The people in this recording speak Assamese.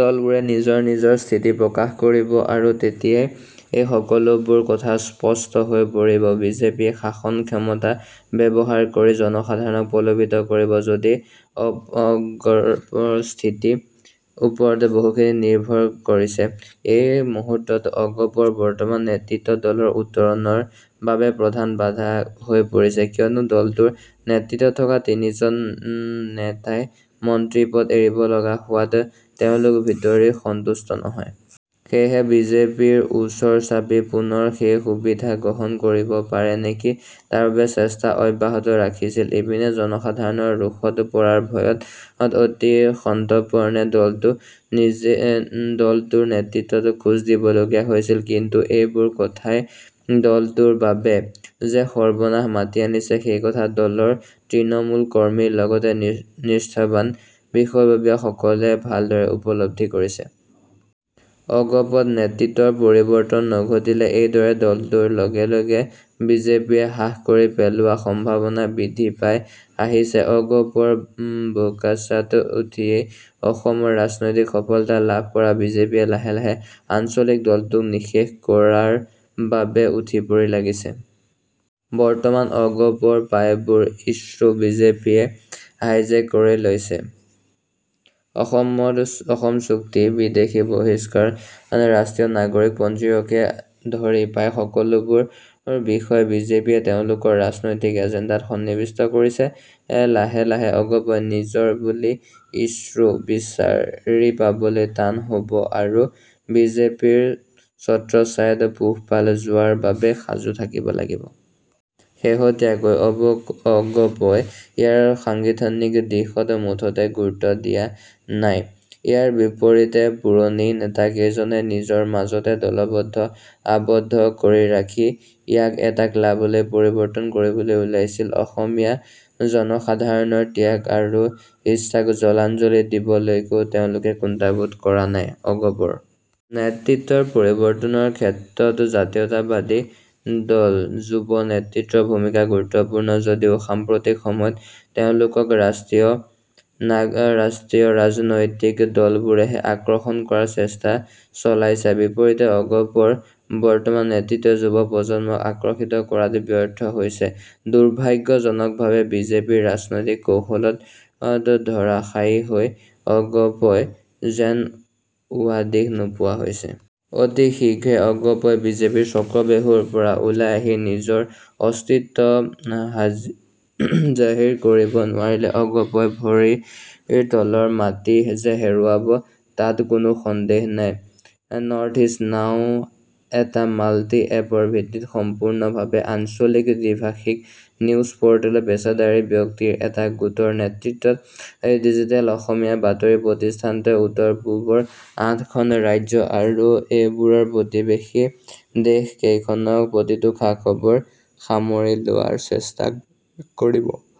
দলবোৰে নিজৰ নিজৰ স্থিতি প্ৰকাশ কৰিব আৰু তেতিয়াই এই সকলোবোৰ কথা স্পষ্ট হৈ পৰিব । বিজেপিয়ে শাসন ক্ষমতা ব্যৱহাৰ কৰি জনসাধাৰণক প্ৰলোভিত কৰিব, যদিও অগপৰ স্থিতিৰ ওপৰতো বহুখিন কথা নিৰ্ভৰ কৰিছে। এই মুহূৰ্তত অগপৰ বৰ্তমান নেতৃত্বই দলটোৰ উত্তৰণৰ বাবে প্ৰধান বাধা হৈ পৰিছে ,কিয়নো দলটোৰ নেতৃত্বত থকা তিনিজন নেতাই মন্ত্ৰী পদ এৰিবলগীয়া হোৱাত তেওঁলোক ভিতৰি সন্তুষ্ট নহয় । সেয়েহে বিজেপিৰ ওচৰ চাপি পুনৰ সেই সুবিধা গ্ৰহণ কৰিব পাৰে নেকি তাৰ বাবে চেষ্টা অব্যাহত ৰাখিছিল । ইপিনে জনসাধাৰণৰ ৰোষত পৰাৰ ভয়ত অতি সন্তৰ্পণে দলটোৰ নেতৃত্বই খোজ দিবলগীয়া হৈছে কিন্তু এইবোৰ কথাই দলটোৰ বাবে যে সৰ্বনাশ মাতি আনিছে সেইকথা দলৰ তৃণমূল কৰ্মীৰ লগতে নিষ্ঠাৱান বিষয়ববীয়াসকলে ভালদৰে উপলব্ধি কৰিছে । অগপত নেতৃত্বৰ পৰিৱৰ্তন নঘটিলে এইদৰে দলটো লাহে লাহে বিজেপিয়ে গ্ৰাস কৰি পেলোৱাৰ সম্ভাৱনা বৃদ্ধি পাই আহিছে ।অগপৰ বোকোচাত উঠিয়েই অসমত ৰাজনৈতিক সফলতা লাভ কৰা বিজেপিয়ে লাহে লাহে আঞ্চলিক দলটোক নি:শেষ কৰাৰ বাবে উঠিপৰি লাগিছে । বৰ্তমান অগপৰ প্ৰায়বোৰ ইচ্ছ্যু বিজেপিয়ে হাইজেক কৰি লৈছে । অসম চুক্তি বিদেশী বহিষ্কৰণ, ৰাষ্ট্ৰীয় নাগৰিকপঞ্জীকে ধৰি প্ৰায় সকলোবোৰ বিষয় বিজেপিয়ে তেওঁলোকৰ ৰাজনৈতিক এজেণ্ডাত সন্নিৱিষ্ট কৰিছে । লাহে লাহে অগপই নিজৰ বুলি ইচ্ছ্যু বিচাৰি পাবলৈ টান হব আৰু বিজেপিৰ ছত্ৰছায়াত পোহপাল যোৱাৰ বাবেই সাজু থাকিব লাগিব । শেহতীয়াকৈ অগপই ইয়াৰ সাংগঠনিক দিশত মুঠেই গুৰুত্ব দিয়া নাই, ইয়াৰ বিপৰীতে পুৰণি নেতাকেইজনে নিজৰ মাজতে দলটোক আবদ্ধ কৰি ৰাখি ইয়াক এটা ক্লাৱলৈ পৰিৱৰ্তন কৰিবলৈ ওলাইছে । অসমীয়া জনসাধাৰণৰ ত্যাগ আৰু ইচ্ছাক জলাঞ্জলি দিবলৈকো তেওঁলোকে কুণ্ঠাবোধ কৰা নাই ।অগপৰ নেতৃত্বৰ পৰিৱৰ্তনৰ ক্ষেত্ৰত জাতীয়তাবাদী দলসংগঠনৰ যুৱ নেতৃত্বৰ ভূমিকা গুৰুত্বপূৰ্ণ যদিও সাম্প্ৰতিক সময়ত তেওঁলোকক ৰাষ্ট্ৰীয় ৰাজনৈতিক দলবোৰেহে আকৰ্ষণ কৰাৰ চেষ্টা চলাইছে, বিপৰীতে অগপৰ বৰ্তমান নেতৃত্বই যুৱ প্ৰজন্মক আকৰ্ষিত কৰাত ব্যৰ্থ হৈছে । দুৰ্ভাগ্যজনকভাৱে বিজেপিৰ ৰাজনৈতিক কৌশলত ধৰাশায়ী হৈ অগপই যেন উৱাদিহ নোপোৱা হৈছে । অতি শীঘ্ৰেই অগপই বিজেপিৰ চক্ৰবেহুৰ পৰা ওলাই আহি নিজৰ অস্তিত্ব জাহিৰ কৰিব নোৱাৰিলে অগপই ভৰিৰ তলৰ মাটি যে হেৰুৱাব তাত কোনো সন্দেহ নাই। নৰ্থইষ্ট নাও এটা মাল্টি এপ ভিত্তিক সম্পূৰ্ণভাৱে আঞ্চলিক দ্বিভাষিক নিউজ প'ৰ্টেল পেচাদাৰী ব্যক্তিৰ এটা গোটৰ নেতৃত্বত এই ডিজিটেল অসমীয়া বাতৰি প্ৰতিষ্ঠানটোৱে উত্তৰপূবৰ আঠখন ৰাজ্য আৰু এইবোৰৰ প্ৰতিৱেশী দেশকেইখনৰ প্ৰতিটো খা-খবৰ সামৰি লোৱাৰ চেষ্টা কৰিব ।